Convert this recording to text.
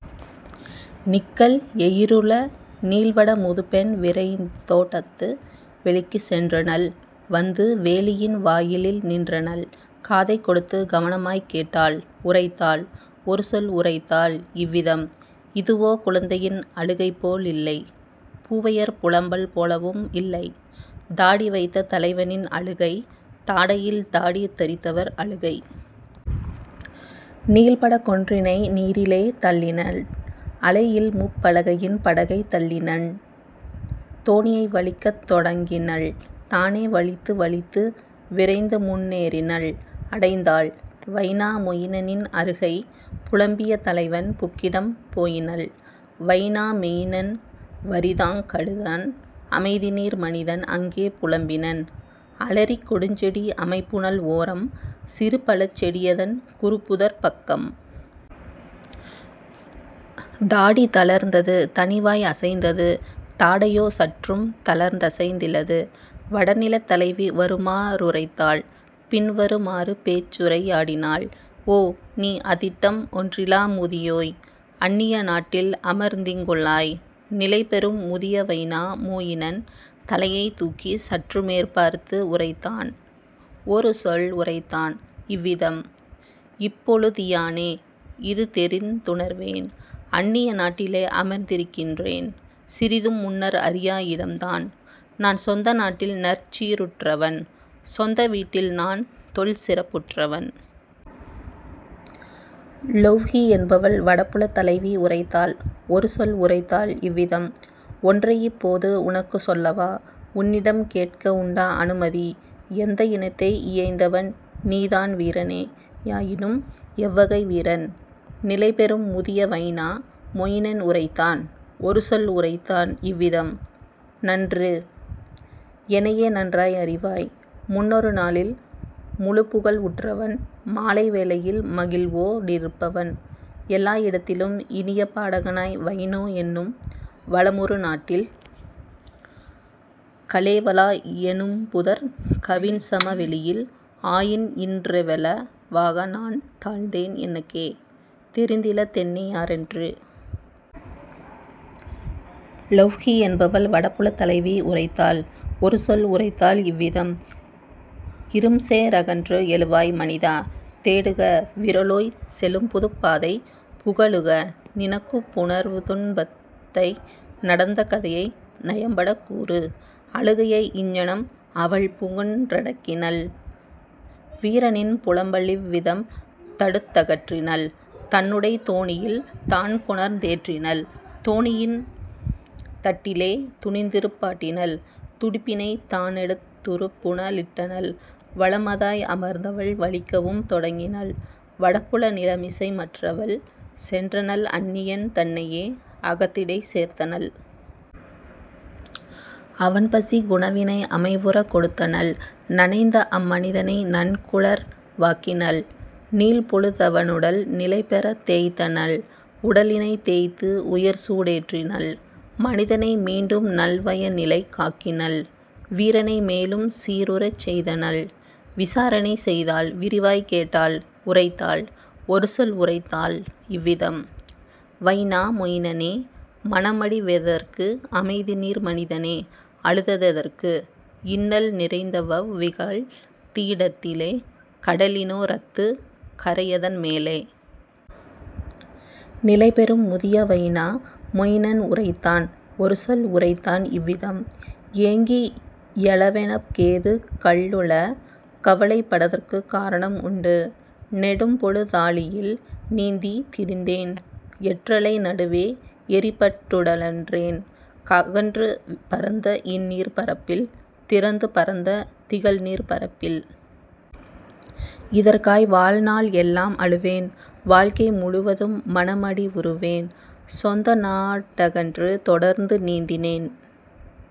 நீக்கல் எயிறுள நீள்வட முதுபெண் விரைந்துதோட் Datuk வெளிக்குச் சென்றனள் வந்து வேலியின் வாயிலில் நின்றனள்; காதைக் கொடுத்துக் கவனமாய்க் கேட்டாள் உரைத்தாள் ஒருசொல் உரைத்தாள் இவ்விதம்: "இதுவோ குழந்தையின் அழுகைபோ லில்லை பூவையர் புலம்பல் போலவும் இல்லை தாடி வைத்த தலைவனின் அழுகை தாடையில் தாடி தரித்தவர் அழுகை. " நீள்பட கொன்றினை நீரிலே தள்ளினள் அலையில்முப் பலகையின் படகைத் தள்ளினள் தோணியை வலிக்கத் தொடங்கினள் தானே வலித்து வலித்து விரைந்துமுன் னேறினள் அடைந்தாள் வைனா மொயினனின் அருகை புலம்பிய தலைவன் புக்கிடம் போயினள். வைனா மெயினன் வறிதாங் கழுதான் அமைதிநீர் மனிதன் அங்கே புலம்பினன் அலரிக் கொடுஞ்செடி அமைபுனல் ஓரம் சிறுபழச் செடியதன் குறுபுதர்ப் பக்கம். தாடி தளர்ந்தது தனிவாய் அசைந்தது தாடையோ சற்றும் தளர்ந்தசைந் திலது. வடநிலத் தலைவி வருமா றுரைத்தாள்: பின்வரு மாறுபேச் சுரை யாடினாள்: "ஓ, நீ, அதிட்டம் ஒன்றிலா முதியோய்! அன்னிய நாட்டில் அமர்ந்தீங் குள்ளாய். " நிலைபெறும் முதிய வைனா மொயினன் தலையை தூக்கிச் சற்றுமேற் பார்த்து உரைத்தான் ஒருசொல் உரைத்தான் இவ்விதம்: "இப்போழு தியானே இதுதெரிந் துணர்வேன் அன்னிய நாட்டிலே அமர்ந்திருக் கின்றேன் சிறிதும் முன்னர் அறியா இடம்தான் நான்சொந்த நாட்டில் நற்சீ ருற்றவன் சொந்தவீட் டில்நான் தொல்சிறப் புற்றவன். " லொவ்ஹி என்பவள் வடபுலத் தலைவி உரைத்தாள் ஒருசொல் உரைத்தாள் இவ்விதம்: "ஒன்றையிப் போது உனக்குச் சொல்லவா உன்னிடம் கேட்க உண்டா அனுமதி எந்த இனத்தை இயைந்தவன் நீதான் வீரனே யாயினும் எவ்வகை வீரன்? " நிலைபெறும் முதிய வைனா மொயினன்உரைத்தான் ஒருசொல் உரைத்தான் இவ்விதம்: "நன்று, எனையே நன்றாய் அறிவார், முன்னொரு நாளில் முழுப்புகழ் உற்றவன் மாலை வேளையில் மகிழ்வோ டிருப்பவன் எல்லா இடத்திலும் இனியபா டகனாய் வைனோ என்னும் வளமுறு றாட்டில் கலேவலா எனும்புதர்க் கவின்சம வெளியில் ஆயின்இன் றெவ்வள வாகநான் தாழ்ந்தேன் எனக்கே தெரிந்தில தென்னை யாரென்று. " லொவ்ஹி என்பவள் வடபுலத் தலைவி உரைத்தாள் ஒருசொல் உரைத்தாள் இவ்விதம்: "இரும்சே றகன்று எழுவாய் மனிதா தேடுக விறலோய் செழும்புதுப் பாதை புகலுக நினக்குப் புணர்துன் பத்தை நடந்த கதையை நயம்படக் கூறு. " அழுகையை இங்ஙனம் அவள்புகன் றடக்கினள் வீரனின் புலம்பலிவ் விதம்தடுத் தகற்றினள் தன்னுடைத் தோணியில் தான்கொணர்ந் தேற்றினள் தோணியின் தட்டிலே துணிந்திருப் பாட்டினள் துடுப்பினைத் தானெடுத் துறுபுன லிட்டனள் வளமதாய் அமர்ந்தவள் வலிக்கவும் தொடங்கினள் வடபுல நிலமிசை மற்றவள் சென்றனள் அன்னியன் தன்னையே அகத்திடைச் சேர்த்தனள். அவன்பசிக் குணவினை அமைவுறக் கொடுத்தனள் நனைந்த அம்மனிதனை நன்குலர் வாக்கினள் நீள்பொழு தவனுடல் நிலைபெறத் தேய்த்தனள் உடலினைத் தேய்த்து உயர்சூ டேற்றினள் மனிதனை மீண்டும்நல் வயநிலைக் காக்கினள் வீரனை மேலும் சீருறச் செய்தனள் விசாரணை செய்தாள் விரிவாய்க் கேட்டாள் உரைத்தாள் ஒருசொல் உரைத்தாள் இவ்விதம்: "வைனா மொயினனே மனமடி வெதற்கு அமைதிநீர் மனிதனே அழுதது எதற்கு இன்னல் நிறைந்தவவ் விகல்தீ திடத்திலே கடலினோ ரத்துக் கரையதன் மேலே? " நிலைபெறும் முதிய வைனா மொயினன் உரைத்தான் ஒருசொல் உரைத்தான் இவ்விதம்: "ஏங்கி யழவெனக் கேதுக் கள்ளுள கவலைப் படற்குக் காரணம் உண்டு நெடும்பொழு தாழியில் நீந்தித் திரிந்தேன் எற்றலை நடுவே எறிபட் டுழன்றேன் அகன்று பரந்த இந்நீர்ப் பரப்பில் திறந்து பரந்த திகழ்நீர்ப் பரப்பில். இதற்காய் வாழ்நாள் எல்லாம் அழுவேன் வாழ்க்கை முழுவதும் மனமடி வுறுவேன் சொந்தநா டகன்று தொடர்ந்து நீந்தினேன்